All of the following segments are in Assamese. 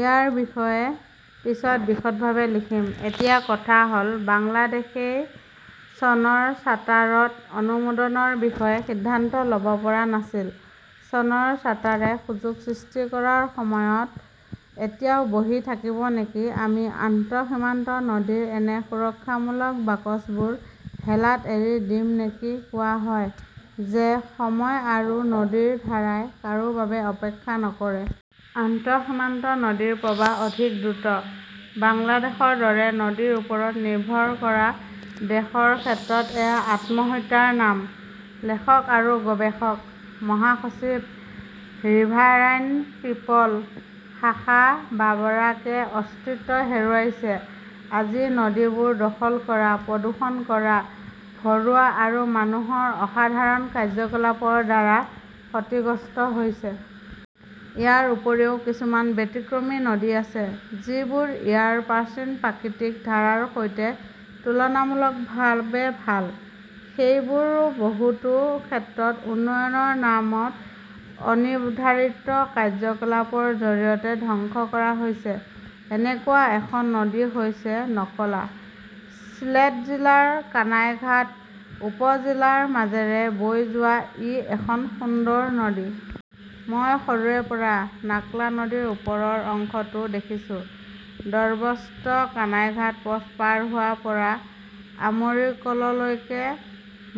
ইয়াৰ বিষয়ে পিছত বিশদভাৱে লিখিম। এতিয়া কথা হ 'ল-বাংলাদেশই চনৰ চাৰ্টাৰত অনুমোদনৰ বিষয়ে সিদ্ধান্ত ল'ব পৰা নাছিল। চনৰ চাৰ্টাৰে সুযোগ সৃষ্টি কৰাৰ সময়ত এতিয়াও বহি থাকিব নেকি আমি আন্তঃসীমান্ত নদীৰ এনে সুৰক্ষামূলক বাকচবোৰ হেলাত এৰি দিম নেকি কোৱা হয় যে সময় আৰু নদীৰ ধাৰাই কাৰো বাবে অপেক্ষা নকৰে। আন্তঃসীমান্ত নদীৰ প্ৰবাহ অধিক দ্ৰুত। বাংলাদেশৰ দৰে নদীৰ ওপৰত নিৰ্ভৰ কৰা দেশৰ ক্ষেত্ৰত এয়া আত্মহত্যাৰ নাম। লেখক আৰু গৱেষক; মহাসচিব, ৰিভাৰাইন পিপল । শাখা বাৰাকে অস্তিত্ব হেৰুৱাইছে আজি নদীবোৰ দখল কৰা, প্ৰদূষণ কৰা, ভৰোৱা আৰু মানুহৰ অসাধাৰণ কাৰ্যকলাপৰ দ্বাৰা ক্ষতিগ্ৰস্ত হৈছে। ইয়াৰ উপৰিও কিছুমান ব্যতিক্ৰমী নদী আছে যিবোৰ ইয়াৰ প্ৰাচীন প্ৰাকৃতিক ধাৰাৰ সৈতে তুলনামূলকভাৱে ভাল। সেইবোৰো বহুতো ক্ষেত্ৰত উন্নয়নৰ নামত অনিৰ্ধাৰিত কাৰ্যকলাপৰ জৰিয়তে ধ্বংস কৰা হৈছে। এনেকুৱা এখন নদী হৈছে নকলা। ছিলেট জিলাৰ কানাইঘাট উপ-জিলাৰ মাজেৰে বৈ যোৱা ই এখন সুন্দৰ নদী। মই সৰুৰে পৰাই নাক্লা নদীৰ ওপৰৰ অংশটো দেখিছোঁ, দৰ্বস্ত-কানাইঘাট পথ পাৰ হোৱাৰ পৰা আমৰিকললৈকে।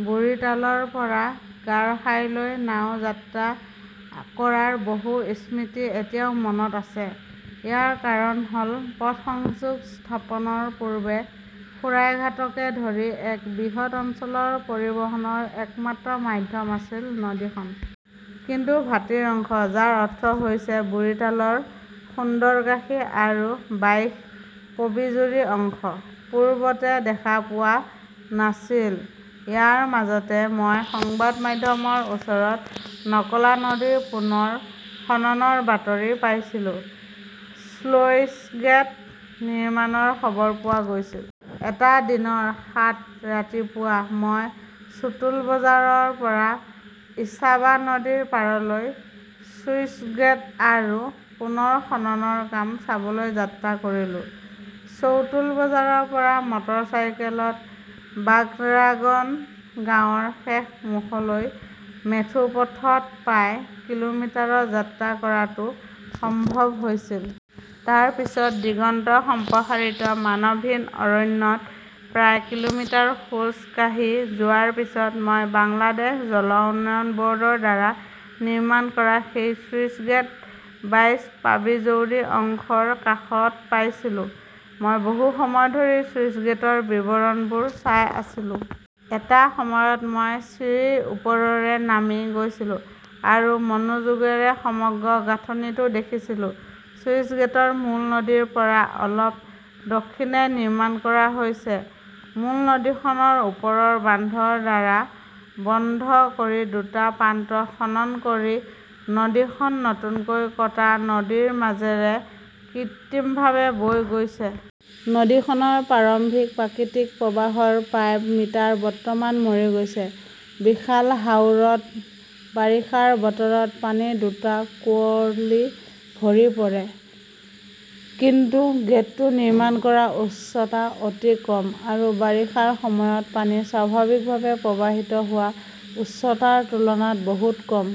বুৰিৰতালৰ পৰা গাৰখাইলৈ নাও যাত্ৰা কৰাৰ বহু স্মৃতি এতিয়াও মনত আছে। ইয়াৰ কাৰণ হ’ল, পথ সংযোগ স্থাপনৰ পূৰ্বে সুৰাইঘাটকে ধৰি এক বৃহৎ অঞ্চলৰ পৰিবহণৰ একমাত্ৰ মাধ্যম আছিল নদীখন। কিন্তু ভাটিৰ অংশ, যাৰ অৰ্থ হৈছে বুৰিৰতাল ৰ সুন্দৰকাশী আৰু বাইশ-পবিজুৰী অংশ, পূৰ্বতে দেখা পোৱা নাছিল। ইয়াৰ মাজতে মই সংবাদ মাধ্যমৰ ওচৰত নকলা নদী পুনৰ খননৰ বাতৰি পাইছিলো। স্লুইছগেট নিৰ্মাণৰ খবৰ পোৱা গৈছিল। এটা দিনৰ সাত ৰাতিপুৱা মই চুটুল বজাৰৰ পৰা ইসাবা নদীৰ পাৰলৈ স্লুইচগেট আৰু পুনৰ খননৰ কাম চাবলৈ যাত্ৰা কৰিলো। চৌটুল বজাৰৰ পৰা মটৰচাইকেলত বাগৰাগন গাঁৱৰ শেষ মুখলৈ মেথোপথত প্ৰায় কিলোমিটাৰ যাত্ৰা কৰাটো সম্ভৱ হৈছিল। তাৰ পিছত দিগন্ত-সম্প্ৰসাৰিত মানৱহীন অৰণ্যত প্ৰায় কিলোমিটাৰ খোজ কাঢ়ি যোৱাৰ পিছত মই বাংলাদেশ জল উন্নয়ন বৰ্ডৰ দ্বাৰা নিৰ্মাণ কৰা সেই 'স্লুইছগেট বাইছ-পাবিজৌৰী অংশৰ কাষত পাইছিলো। মই বহু সময় ধৰি স্লুইছগেটৰ বিৱৰণবোৰ চাই আছিলো। এটা সময়ত মই চিৰিৰ ওপৰেৰে নামি গৈছিলো আৰু মনোযোগৰে সমগ্ৰ গাঁথনিটো দেখিছিলোঁ। স্লুইছগেট মূল নদীৰ পৰা অলপ দক্ষিণে নিৰ্মাণ কৰা হৈছে। মূল নদীখনৰ ওপৰত বান্ধৰ দ্বাৰা বন্ধ কৰি দুটা প্ৰান্ত খনন কৰি নদীখন নতুনকৈ কটা নদীৰ মাজেৰে কৃত্ৰিমভাৱে বৈ গৈছে। নদীখনৰ প্ৰাৰম্ভিক প্ৰাকৃতিক প্ৰৱাহৰ প্ৰায় মিটাৰ বৰ্তমান মৰি গৈছে। বিশাল হাওৰত বাৰিষাৰ বতৰত পানীৰ দুটা কুঁৱলী ভৰি পৰে। কিন্তু গেটটো নিৰ্মাণ কৰা উচ্চতা অতি কম আৰু বাৰিষাৰ সময়ত পানী স্বাভাৱিকভাৱে প্ৰৱাহিত হোৱা উচ্চতাৰ তুলনাত বহু কম।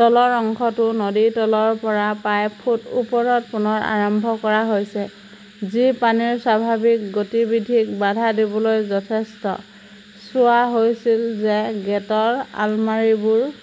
তলৰ অংশটো নদীৰ তলৰ পৰা প্ৰায় ফুট ওপৰত পুনৰ আৰম্ভ কৰা হৈছে, যি পানীৰ স্বাভাৱিক গতিবিধিক বাধা দিবলৈ যথেষ্ট। চোৱা হৈছিল যে গেটৰ আলমাৰীবোৰ